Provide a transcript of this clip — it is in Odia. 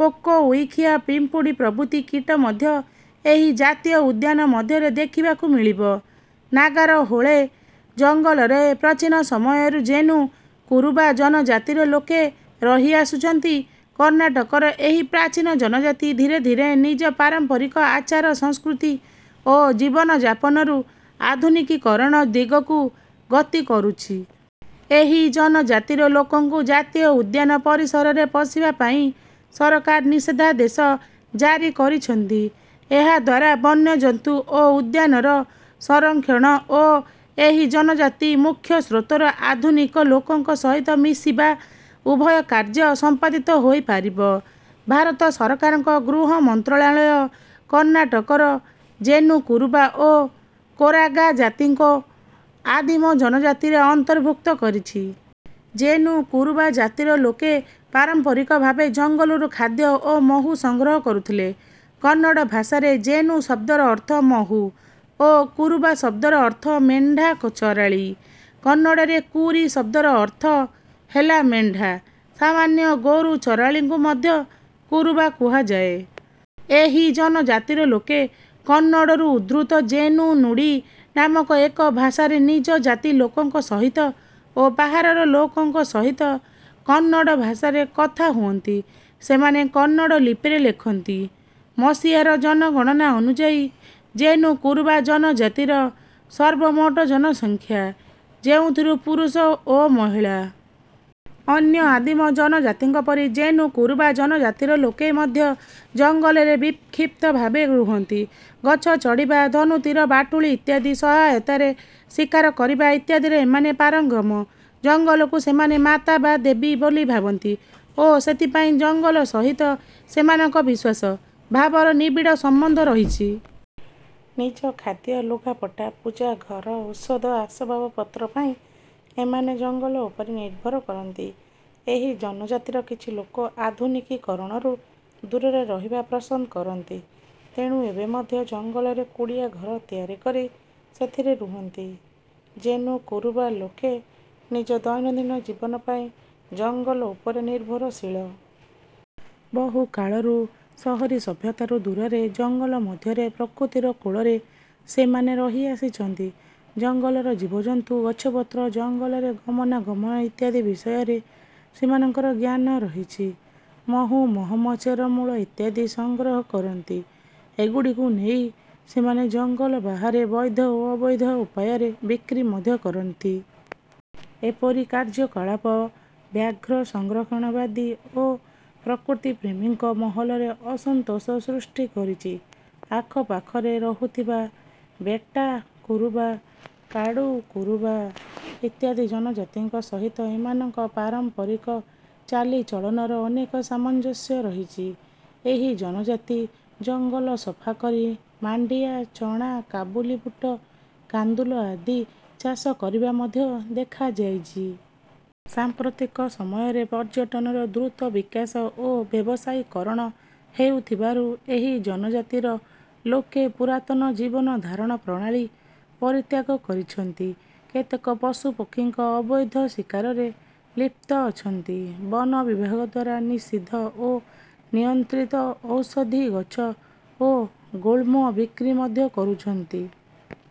ପୋକ, ଊଈଖିଆ ପିମ୍ପୁଡ଼ି ପ୍ରଭୃତି କୀଟ ମଧ୍ୟ ଏହି ଜାତୀୟ ଉଦ୍ୟାନ ମଧ୍ୟରେ ଦେଖିବାକୁ ମିଳିବ। ନାଗାରହୋଳେ ଜଙ୍ଗଲରେ ପ୍ରାଚୀନ ସମୟରୁ ଜେନୁ କୁରୁବା ଜନଜାତିର ଲୋକେ ରହିଆସୁଛନ୍ତି। କର୍ଣ୍ଣାଟକର ଏହି ପ୍ରାଚୀନ ଜନଜାତି ଧୀରେ ଧୀରେ ନିଜ ପାରମ୍ପରିକ ଆଚାର, ସଂସ୍କୃତି ଓ ଜୀବନଯାପନରୁ ଆଧୁନିକୀକରଣ ଦିଗକୁ ଗତି କରୁଛି। ଏହି ଜନଜାତିର ଲୋକଙ୍କୁ ଜାତୀୟ ଉଦ୍ୟାନ ପରିସରରେ ପଶିବା ପାଇଁ ସରକାର ନିଷେଧାଦେଶ ଜାରି କରିଛନ୍ତି। ଏହାଦ୍ୱାରା ବନ୍ୟଜନ୍ତୁ ଓ ଉଦ୍ୟାନର ସଂରକ୍ଷଣ ଓ ଏହି ଜନଜାତି ମୁଖ୍ୟସ୍ରୋତର ଆଧୁନିକ ଲୋକଙ୍କ ସହିତ ମିଶିବା ଉଭୟ କାର୍ଯ୍ୟ ସମ୍ପାଦିତ ହୋଇପାରିବ। ଭାରତ ସରକାରଙ୍କ ଗୃହ ମନ୍ତ୍ରଣାଳୟ କର୍ଣ୍ଣାଟକର ଜେନୁ କୁରୁବା ଓ କୋରାଗା ଜାତିଙ୍କୁ ଆଦିମ ଜନଜାତିରେ ଅନ୍ତର୍ଭୁକ୍ତ କରିଛି। ଜେନୁ କୁରୁବା ଜାତିର ଲୋକେ ପାରମ୍ପରିକ ଭାବେ ଜଙ୍ଗଲରୁ ଖାଦ୍ୟ ଓ ମହୁ ସଂଗ୍ରହ କରୁଥିଲେ। କନ୍ନଡ଼ ଭାଷାରେ ଜେନୁ ଶବ୍ଦର ଅର୍ଥ ମହୁ ଓ କୁରୁବା ଶବ୍ଦର ଅର୍ଥ ମେଣ୍ଢା ଚରାଳୀ। କନ୍ନଡଡାରେ କୁରି ଶବ୍ଦର ଅର୍ଥ ହେଲା ମେଣ୍ଢା। ସାମାନ୍ୟ ଗୋରୁ ଚରାଳୀଙ୍କୁ ମଧ୍ୟ କୁରୁବା କୁହାଯାଏ। ଏହି ଜନଜାତିର ଲୋକେ କନ୍ନଡ଼ରୁ ଉଦ୍ଧୃତ ଜେନୁ-ନୁଡ଼ି ନାମକ ଏକ ଭାଷାରେ ନିଜ ଜାତି ଲୋକଙ୍କ ସହିତ ଓ ବାହାରର ଲୋକଙ୍କ ସହିତ କନ୍ନଡ଼ ଭାଷାରେ କଥା ହୁଅନ୍ତି। ସେମାନେ କନ୍ନଡ଼ ଲିପିରେ ଲେଖନ୍ତି। ମସିହାର ଜନଗଣନା ଅନୁଯାୟୀ ଜେନୁ କୁରୁବା ଜନଜାତିର ସର୍ବମୋଟ ଜନସଂଖ୍ୟା ଯେଉଁଥିରୁ ପୁରୁଷ ଓ ମହିଳା। ଅନ୍ୟ ଆଦିମ ଜନଜାତିଙ୍କ ପରି ଜେନୁ କୁରୁବା ଜନଜାତିର ଲୋକେ ମଧ୍ୟ ଜଙ୍ଗଲରେ ବିକ୍ଷିପ୍ତ ଭାବେ ରୁହନ୍ତି। ଗଛ ଚଢ଼ିବା ଧନୁ ତୀର ବାଟୁଳି ଇତ୍ୟାଦି ସହାୟତାରେ ଶିକାର କରିବା ଇତ୍ୟାଦିରେ ଏମାନେ ପାରଙ୍ଗମ। ଜଙ୍ଗଲକୁ ସେମାନେ ମାତା ବା ଦେବୀ ବୋଲି ଭାବନ୍ତି ଓ ସେଥିପାଇଁ ଜଙ୍ଗଲ ସହିତ ସେମାନଙ୍କ ବିଶ୍ୱାସ ଭାବର ନିବିଡ଼ ସମ୍ବନ୍ଧ ରହିଛି। ନିଜ ଖାଦ୍ୟ, ଲୁଗାପଟା, ପୂଜା, ଘର, ଔଷଧ, ଅସବାବପତ୍ର ପାଇଁ ଏମାନେ ଜଙ୍ଗଲ ଉପରେ ନିର୍ଭର କରନ୍ତି। ଏହି ଜନଜାତିର କିଛି ଲୋକ ଆଧୁନିକୀକରଣରୁ ଦୂରରେ ରହିବା ପସନ୍ଦ କରନ୍ତି, ତେଣୁ ଏବେ ମଧ୍ୟ ଜଙ୍ଗଲରେ କୁଡ଼ିଆ ଘର ତିଆରି କରି ସେଥିରେ ରୁହନ୍ତି। ଜେନୁ କୁରୁବା ଲୋକେ ନିଜ ଦୈନନ୍ଦିନ ଜୀବନ ପାଇଁ ଜଙ୍ଗଲ ଉପରେ ନିର୍ଭରଶୀଳ। ବହୁ କାଳରୁ ସହରୀ ସଭ୍ୟତାରୁ ଦୂରରେ, ଜଙ୍ଗଲ ମଧ୍ୟରେ ପ୍ରକୃତିର କୋଳରେ ସେମାନେ ରହିଆସିଛନ୍ତି। ଜଙ୍ଗଲର ଜୀବଜନ୍ତୁ, ଗଛପତ୍ର, ଜଙ୍ଗଲରେ ଗମନାଗମନ ଇତ୍ୟାଦି ବିଷୟରେ ସେମାନଙ୍କର ଜ୍ଞାନ ରହିଛି। ମହୁ, ମହମ, ଚେରମୂଳ ଇତ୍ୟାଦି ସଂଗ୍ରହ କରନ୍ତି। ଏଗୁଡ଼ିକୁ ନେଇ ସେମାନେ ଜଙ୍ଗଲ ବାହାରେ ବୈଧ ଓ ଅବୈଧ ଉପାୟରେ ବିକ୍ରି ମଧ୍ୟ କରନ୍ତି। ଏପରି କାର୍ଯ୍ୟକଳାପ ବ୍ୟାଘ୍ର ସଂରକ୍ଷଣବାଦୀ ଓ ପ୍ରକୃତିପ୍ରେମୀଙ୍କ ମହଲରେ ଅସନ୍ତୋଷ ସୃଷ୍ଟି କରିଛି। ଆଖପାଖରେ ରହୁଥିବା ବେଟ୍ଟା କୁରୁବା, କାଡ଼ୁ କୁରୁବା ଇତ୍ୟାଦି ଜନଜାତିଙ୍କ ସହିତ ଏମାନଙ୍କ ପାରମ୍ପରିକ ଚାଲିଚଳନର ଅନେକ ସାମଞ୍ଜସ୍ୟ ରହିଛି। ଏହି ଜନଜାତି ଜଙ୍ଗଲ ସଫା କରି ମାଣ୍ଡିଆ, ଚଣା, କାବୁଲି ବୁଟ, କାନ୍ଦୁଲ ଆଦି ଚାଷ କରିବା ମଧ୍ୟ ଦେଖାଯାଇଛି। ସାମ୍ପ୍ରତିକ ସମୟରେ ପର୍ଯ୍ୟଟନର ଦ୍ରୁତ ବିକାଶ ଓ ବ୍ୟବସାୟୀକରଣ ହେଉଥିବାରୁ ଏହି ଜନଜାତିର ଲୋକେ ପୁରାତନ ଜୀବନଧାରଣ ପ୍ରଣାଳୀ ପରିତ୍ୟାଗ କରିଛନ୍ତି। କେତେକ ପଶୁପକ୍ଷୀଙ୍କ ଅବୈଧ ଶିକାରରେ ଲିପ୍ତ ଅଛନ୍ତି। ବନ ବିଭାଗଦ୍ୱାରା ନିଷିଦ୍ଧ ଓ ନିୟନ୍ତ୍ରିତ ଔଷଧିଗଛ ଓ ଗୁଳ୍ମ ବିକ୍ରି ମଧ୍ୟ କରୁଛନ୍ତି।